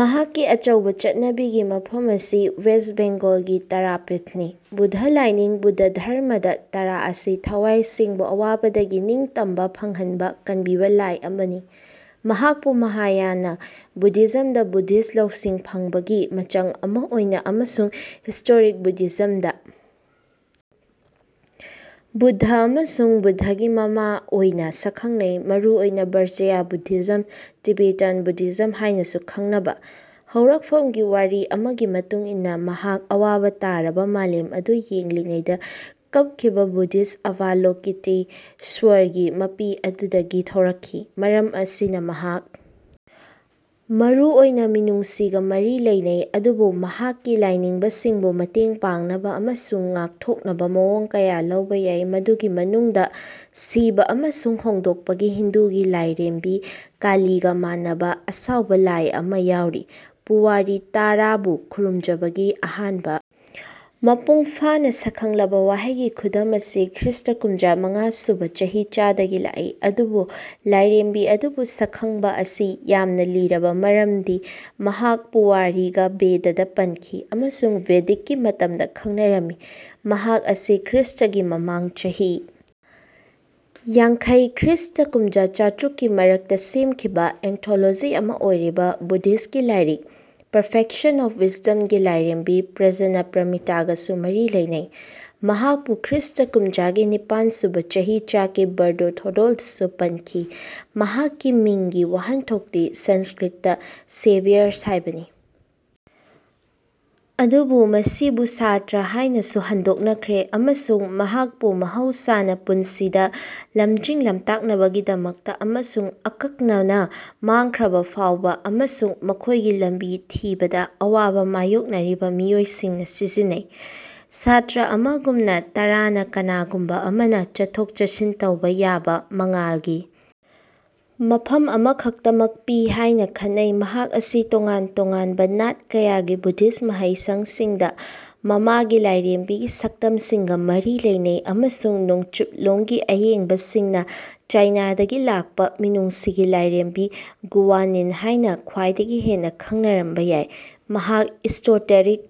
ꯃꯍꯥꯛꯀꯤ ꯑꯆꯧꯕ ꯆꯠꯅꯕꯤꯒꯤ ꯃꯐꯝ ꯑꯁꯤ ꯋꯦꯁꯠ ꯕꯦꯡꯒꯣꯜꯒꯤ ꯇꯥꯔꯥꯄꯤꯊꯅꯤ꯫ ꯕꯨꯗ꯭ꯙ ꯂꯥꯏꯅꯤꯡ ꯕꯨꯗ꯭ꯙ ꯙꯔꯃꯥꯗ ꯇꯥꯔꯥ ꯑꯁꯤ ꯊꯋꯥꯏꯁꯤꯡꯕꯨ ꯑꯋꯥꯕꯗꯒꯤ ꯅꯤꯡꯇꯝꯕ ꯐꯪꯍꯟꯕ ꯀꯟꯕꯤꯕ ꯂꯥꯏ ꯑꯃꯅꯤ꯫ ꯃꯍꯥꯛꯄꯨ ꯃꯍꯥꯌꯥꯅ ꯕꯨꯙꯤꯖꯝꯗ ꯕꯣꯙꯤꯁꯠꯚ ꯂꯧꯁꯤꯡ ꯐꯪꯕꯒꯤ ꯃꯆꯪ ꯑꯃ ꯑꯣꯏꯅ ꯑꯃꯁꯨꯡ ꯏꯁꯣꯇꯦꯔꯤꯛ ꯕꯨꯙꯤꯖꯝꯗ ꯕꯨꯗ꯭ꯙ ꯑꯃꯁꯨꯡ ꯕꯨꯗ꯭ꯙꯒꯤ ꯃꯃꯥ ꯑꯣꯏꯅ ꯁꯛꯈꯪꯅꯩ ꯃꯔꯨꯑꯣꯏꯅ ꯕꯖ꯭ꯔꯌꯥꯅ ꯕꯨꯙꯤꯖꯝ ꯇꯤꯕꯦꯇꯥꯟ ꯕꯨꯙꯤꯖꯝ ꯍꯥꯏꯅꯁꯨ ꯈꯪꯅꯕ꯫ ꯍꯧꯔꯛꯐꯝꯒꯤ ꯋꯥꯔꯤ ꯑꯃꯒꯤ ꯃꯇꯨꯡ ꯏꯟꯅ ꯃꯍꯥꯛ ꯑꯋꯥꯕ ꯇꯥꯔꯕ ꯃꯥꯂꯦꯝ ꯑꯗꯨ ꯌꯦꯡꯂꯤꯉꯩꯗ ꯀꯞꯈꯤꯕ ꯕꯣꯙꯤꯁꯠꯚ ꯑꯚꯥꯂꯣꯀꯤꯇꯦꯁ꯭ꯋꯔꯒꯤ ꯃꯄꯤ ꯑꯗꯨꯗꯒꯤ ꯊꯣꯔꯛꯈꯤ꯫ ꯃꯔꯝ ꯑꯁꯤꯅ ꯃꯍꯥꯛ ꯃꯔꯨ ꯑꯣꯏꯅ ꯃꯤꯅꯨꯡꯁꯤꯒ ꯃꯔꯤ ꯂꯩꯅꯩ ꯑꯗꯨꯕꯨ ꯃꯍꯥꯛꯀꯤ ꯂꯥꯏꯅꯤꯡꯕꯁꯤꯡꯕꯨ ꯃꯇꯦꯡ ꯄꯥꯡꯅꯕ ꯑꯃꯁꯨꯡ ꯉꯥꯛꯊꯣꯛꯅꯕ ꯃꯑꯣꯡ ꯀꯌꯥ ꯂꯧꯕ ꯌꯥꯏ ꯃꯗꯨꯒꯤ ꯃꯅꯨꯡꯗ ꯁꯤꯕ ꯑꯃꯁꯨꯡ ꯍꯣꯡꯗꯣꯛꯄꯒꯤ ꯍꯤꯟꯗꯨꯒꯤ ꯂꯥꯏꯔꯦꯝꯕꯤ ꯀꯥꯂꯤꯒ ꯃꯥꯟꯅꯕ ꯑꯁꯥꯎꯕ ꯂꯥꯏ ꯑꯃ ꯌꯥꯎꯔꯤ꯫ ꯄꯨꯋꯥꯔꯤ ꯇꯥꯔꯥꯕꯨ ꯈꯨꯔꯨꯝꯖꯕꯒꯤ ꯑꯍꯥꯟꯕ ꯃꯄꯨꯡ ꯐꯥꯅ ꯁꯛꯈꯪꯂꯕ ꯋꯥꯍꯩꯒꯤ ꯈꯨꯗꯝ ꯑꯁꯤ ꯈ꯭ꯔꯤꯁꯇ ꯀꯨꯝꯖꯥꯒꯤ ꯃꯉꯥ ꯁꯨꯕ ꯆꯍꯤꯆꯥꯗꯒꯤ ꯂꯥꯛꯏ ꯑꯗꯨꯕꯨ ꯂꯥꯏꯔꯦꯝꯕꯤ ꯑꯗꯨꯕꯨ ꯁꯛꯈꯪꯕ ꯑꯁꯤ ꯌꯥꯝꯅ ꯂꯤꯔꯕ ꯃꯔꯝꯗꯤ ꯃꯍꯥꯛꯄꯨ ꯔꯤꯒ ꯕꯦꯗꯗ ꯄꯟꯈꯤ ꯑꯃꯁꯨꯡ ꯕꯦꯗꯤꯛꯀꯤ ꯃꯇꯝꯗ ꯈꯪꯅꯔꯝꯃꯤ꯫ ꯃꯍꯥꯛ ꯑꯁꯤ ꯈ꯭ꯔꯤꯁꯇꯒꯤ ꯃꯃꯥꯡ ꯆꯍꯤ ꯌꯥꯡꯈꯩ ꯈ꯭ꯔꯤꯁꯇ ꯀꯨꯝꯖꯥ ꯆꯥꯇ꯭ꯔꯨꯛ ꯀꯤ ꯃꯔꯛꯇ ꯁꯦꯝꯈꯤꯕ ꯑꯦꯟꯊꯣꯂꯣꯖꯤ ꯑꯃ ꯑꯣꯏꯔꯤꯕ ꯕꯨꯗ꯭ꯙꯤꯁ꯭ꯠꯀꯤ ꯂꯥꯏꯔꯤꯛ ꯄꯔꯐꯦꯛꯁꯟ ꯑꯣꯐ ꯋꯤꯁꯗꯝꯒꯤ ꯂꯥꯏꯔꯦꯝꯕꯤ ꯄ꯭ꯔꯖꯅꯄꯔꯃꯤꯇꯥꯒꯁꯨ ꯃꯔꯤ ꯂꯩꯅꯩ꯫ ꯃꯍꯥꯛꯄꯨ ꯈ꯭ꯔꯤꯁ꯭ꯠ ꯀꯨꯝꯖꯥꯒꯤ ꯅꯤꯄꯥꯟꯁꯨꯕ ꯆꯍꯤꯆꯥꯒꯤ ꯕꯥꯔꯗꯣ ꯊꯣꯗꯣꯜꯗꯁꯨ ꯄꯟꯈꯤ꯫ ꯃꯍꯥꯛꯀꯤ ꯃꯤꯡꯒꯤ ꯋꯥꯍꯟꯊꯣꯛꯇꯤ ꯁꯪꯁ꯭ꯀ꯭ꯔꯤꯠꯇ ꯁꯦꯚꯤꯌꯔꯁ ꯍꯥꯏꯕꯅꯤ ꯑꯗꯨꯕꯨ ꯃꯁꯤꯕꯨ ꯁ꯭ꯇꯥꯔ ꯍꯥꯏꯅꯁꯨ ꯍꯟꯗꯣꯛꯈ꯭ꯔꯦ ꯑꯃꯁꯨꯡ ꯃꯍꯥꯛꯄꯨ ꯃꯍꯧꯁꯥꯅ ꯄꯨꯟꯁꯤꯗ ꯂꯝꯖꯤꯡ ꯂꯝꯇꯥꯛꯅꯕꯒꯤꯗꯃꯛ ꯑꯃꯁꯨꯡ ꯑꯀꯛꯅꯅ ꯃꯥꯡꯈ꯭ꯔꯕ ꯐꯥꯎꯕ ꯑꯃꯁꯨꯡ ꯃꯈꯣꯏꯒꯤ ꯂꯝꯕꯤ ꯊꯤꯕꯗ ꯑꯋꯥꯕ ꯃꯥꯌꯣꯛꯅꯔꯤꯕ ꯃꯤꯑꯣꯏꯁꯤꯡꯅ ꯁꯤꯖꯤꯟꯅꯩ꯫ ꯁ꯭ꯇꯥꯔ ꯑꯃꯒꯨꯝꯅ ꯇꯥꯔꯥꯅ ꯀꯅꯥꯒꯨꯝꯕ ꯑꯃꯅ ꯆꯠꯊꯣꯛ ꯆꯠꯁꯤꯟ ꯇꯧꯕ ꯌꯥꯕ ꯃꯉꯥꯜꯒꯤ ꯃꯐꯝ ꯑꯃꯈꯛꯇꯃꯛ ꯄꯤ ꯍꯥꯏꯅ ꯈꯟꯅꯩ꯫ ꯃꯍꯥꯛ ꯑꯁꯤ ꯇꯣꯉꯥꯟ ꯇꯣꯉꯥꯟꯕ ꯅꯥꯠ ꯀꯌꯥꯒꯤ ꯕꯨꯗꯙꯤꯁ꯭ꯠ ꯃꯍꯩꯁꯪꯁꯤꯡꯗ ꯃꯃꯥꯒꯤ ꯂꯥꯏꯔꯦꯝꯕꯤꯒꯤ ꯁꯛꯇꯝꯁꯤꯡꯒ ꯃꯔꯤ ꯂꯩꯅꯩ ꯑꯃꯁꯨꯡ ꯅꯣꯡꯆꯨꯞꯂꯣꯝꯒꯤ ꯑꯌꯦꯡꯕꯁꯤꯡꯅ ꯆꯥꯏꯅꯥꯗꯒꯤ ꯂꯥꯛꯄ ꯃꯤꯅꯨꯡꯁꯤꯒꯤ ꯂꯥꯏꯔꯦꯝꯕꯤ ꯒꯨꯋꯥꯟꯌꯤꯟ ꯍꯥꯏꯅ ꯈ꯭ꯋꯥꯏꯗꯒꯤ ꯍꯦꯟꯅ ꯈꯪꯅꯔꯝꯕ ꯌꯥꯏ꯫ ꯃꯍꯥꯛ ꯏꯁꯣꯇꯦꯔꯤꯛ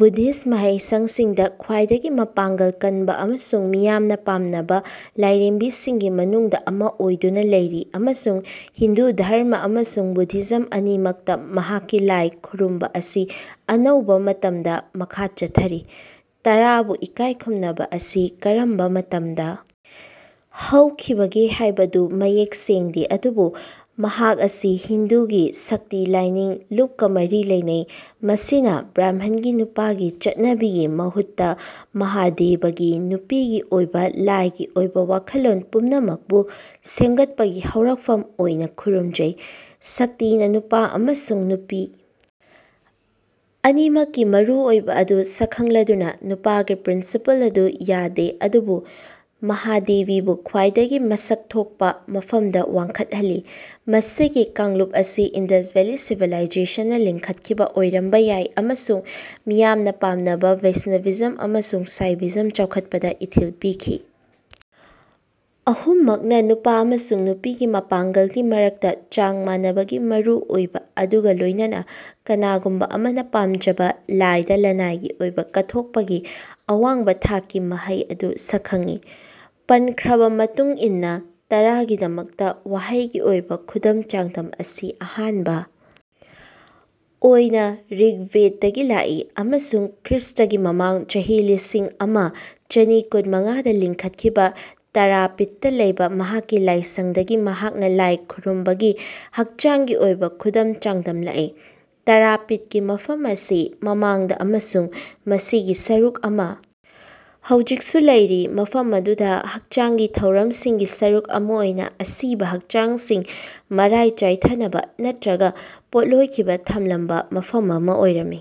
ꯕꯨꯗꯤꯁ ꯃꯍꯩꯁꯪꯁꯤꯡꯗ ꯈ꯭ꯋꯥꯏꯗꯒꯤ ꯃꯄꯥꯡꯒꯜ ꯀꯟꯕ ꯑꯃꯁꯨꯡ ꯃꯤꯌꯥꯝꯅ ꯄꯥꯝꯅꯕ ꯂꯥꯏꯔꯦꯝꯕꯤꯁꯤꯡꯒꯤ ꯃꯅꯨꯡꯗ ꯑꯃ ꯑꯣꯏꯗꯨꯅ ꯂꯩꯔꯤ ꯑꯃꯁꯨꯡ ꯍꯤꯟꯗꯨ ꯙꯔꯃꯥ ꯑꯃꯁꯨꯡ ꯕꯨꯙꯤꯖꯝ ꯑꯅꯤꯃꯛꯇ ꯃꯍꯥꯛꯀꯤ ꯂꯥꯏ ꯈꯨꯔꯨꯝꯕ ꯑꯁꯤ ꯑꯅꯧꯕ ꯃꯇꯝꯗ ꯃꯈꯥ ꯆꯠꯊꯔꯤ꯫ ꯇꯥꯔꯥꯕꯨ ꯏꯀꯥꯏ ꯈꯨꯝꯅꯕ ꯑꯁꯤ ꯀꯔꯝꯕ ꯃꯇꯝꯗ ꯍꯧꯈꯤꯕꯒꯦ ꯍꯥꯏꯕꯗꯨ ꯃꯌꯦꯛ ꯁꯦꯡꯗꯦ ꯑꯗꯨꯕꯨ ꯃꯍꯥꯛ ꯑꯁꯤ ꯍꯤꯟꯗꯨꯒꯤ ꯁꯛꯇꯤ ꯂꯥꯏꯅꯤꯡ ꯂꯨꯞꯀ ꯃꯔꯤ ꯂꯩꯅꯩ ꯃꯁꯤꯅ ꯕ꯭ꯔꯍꯃꯟꯒꯤ ꯅꯨꯄꯥꯒꯤ ꯆꯠꯅꯕꯤꯒꯤ ꯃꯍꯨꯠꯇ ꯃꯍꯥꯗꯦꯕꯤꯒꯤ ꯅꯨꯄꯤꯒꯤ ꯑꯣꯏꯕ ꯂꯥꯏꯒꯤ ꯑꯣꯏꯕ ꯋꯥꯈꯜꯂꯣꯟ ꯄꯨꯝꯅꯃꯛꯄꯨ ꯁꯦꯝꯒꯠꯄꯒꯤ ꯍꯧꯔꯛꯐꯝ ꯑꯣꯏꯅ ꯈꯨꯔꯨꯝꯖꯩ꯫ ꯁꯛꯇꯤꯅ ꯅꯨꯄꯥ ꯑꯃꯁꯨꯡ ꯅꯨꯄꯤ ꯑꯅꯤꯃꯛꯀꯤ ꯃꯔꯨꯑꯣꯏꯕ ꯑꯗꯨ ꯁꯛꯈꯪꯂꯗꯨꯅ ꯅꯨꯄꯥꯒꯤ ꯄ꯭ꯔꯤꯟꯁꯤꯄꯜ ꯑꯗꯨ ꯌꯥꯗꯦ ꯑꯗꯨꯕꯨ ꯃꯍꯥꯗꯦꯕꯤꯕꯨ ꯈ꯭ꯋꯥꯏꯗꯒꯤ ꯃꯁꯛ ꯊꯣꯛꯄ ꯐꯝꯗ ꯋꯥꯡꯈꯠꯍꯜꯂꯤ꯫ ꯃꯁꯤꯒꯤ ꯀꯥꯡꯂꯨꯞ ꯑꯁꯤ ꯏꯟꯗꯁ ꯚꯦꯂꯤ ꯁꯤꯚꯤꯂꯥꯏꯖꯦꯁꯟꯅ ꯂꯤꯡꯈꯠꯈꯤꯕ ꯑꯣꯏꯔꯝꯕ ꯌꯥꯏ ꯑꯃꯁꯨꯡ ꯃꯤꯌꯥꯃꯅ ꯄꯥꯃꯅꯕ ꯕꯩꯁꯅꯚꯤꯖꯝ ꯑꯃꯁꯨꯡ ꯁꯥꯏꯚꯤꯖꯝꯒꯤ ꯆꯥꯎꯈꯠꯄꯗ ꯏꯊꯤꯜ ꯄꯤꯈꯤ꯫ ꯑꯍꯨꯝꯃꯛꯅ ꯅꯨꯄꯥ ꯑꯃꯁꯨꯡ ꯅꯨꯄꯤꯒꯤ ꯃꯄꯥꯡꯒꯜꯒꯤ ꯃꯔꯛꯇ ꯆꯥꯡ ꯃꯥꯟꯅꯕꯒꯤ ꯃꯔꯨꯑꯣꯏꯕ ꯑꯗꯨꯒ ꯂꯣꯏꯅꯅ ꯀꯅꯥꯒꯨꯝꯕ ꯑꯃꯅ ꯄꯥꯝꯖꯕ ꯂꯥꯏꯗ ꯂꯅꯥꯏꯒꯤ ꯑꯣꯏꯕ ꯀꯠꯊꯣꯛꯄꯒꯤ ꯑꯋꯥꯡꯕ ꯊꯥꯛꯀꯤ ꯃꯍꯩ ꯑꯗꯨ ꯁꯛꯈꯪꯉꯤ꯫ ꯄꯟꯈ꯭ꯔꯕ ꯃꯇꯨꯡ ꯏꯟꯅ ꯇꯥꯔꯥꯒꯤꯗꯃꯛꯇ ꯋꯥꯍꯩꯒꯤ ꯑꯣꯏꯕ ꯈꯨꯗꯝ ꯆꯥꯡꯗꯝ ꯑꯁꯤ ꯑꯍꯥꯟꯕ ꯑꯣꯏꯅ ꯔꯤꯒ ꯕꯦꯗꯇꯒꯤ ꯂꯥꯛꯏ ꯑꯃꯁꯨꯡ ꯈ꯭ꯔꯤꯁ꯭ꯠꯒꯤ ꯃꯃꯥꯡ ꯆꯍꯤ ꯂꯤꯁꯤꯡ ꯑꯃ ꯆꯅꯤ ꯀꯨꯟꯃꯉꯥꯗ ꯂꯤꯡꯈꯠꯈꯤꯕ ꯇꯥꯔꯥꯄꯤꯊꯇ ꯂꯩꯕ ꯃꯍꯥꯛꯀꯤ ꯂꯥꯏꯁꯪꯗꯒꯤ ꯃꯍꯥꯛꯅ ꯂꯥꯏ ꯈꯨꯔꯨꯝꯕꯒꯤ ꯍꯛꯆꯥꯡꯒꯤ ꯑꯣꯏꯕ ꯈꯨꯗꯝ ꯆꯥꯡꯗꯝ ꯂꯥꯛꯏ꯫ ꯇꯔꯥꯄꯤꯊꯀꯤ ꯃꯐꯝ ꯑꯁꯤ ꯃꯃꯥꯡꯗ ꯑꯃꯁꯨꯡ ꯃꯁꯤꯒꯤ ꯁꯔꯨꯛ ꯑꯃ ꯍꯧꯖꯤꯛꯁꯨ ꯂꯩꯔꯤ ꯃꯐꯝ ꯑꯗꯨꯗ ꯍꯛꯆꯥꯡꯒꯤ ꯊꯧꯔꯝꯁꯤꯡꯒꯤ ꯁꯔꯨꯛ ꯑꯃ ꯑꯣꯏꯅ ꯑꯁꯤꯕ ꯍꯛꯆꯥꯡꯁꯤꯡ ꯃꯔꯥꯏ ꯆꯥꯏꯊꯅꯕ ꯅꯠꯇ꯭ꯔꯒ ꯄꯣꯠꯂꯣꯏꯈꯤꯕ ꯊꯝꯂꯝꯕ ꯃꯐꯝ ꯑꯃ ꯑꯣꯏꯔꯝꯃꯤ꯫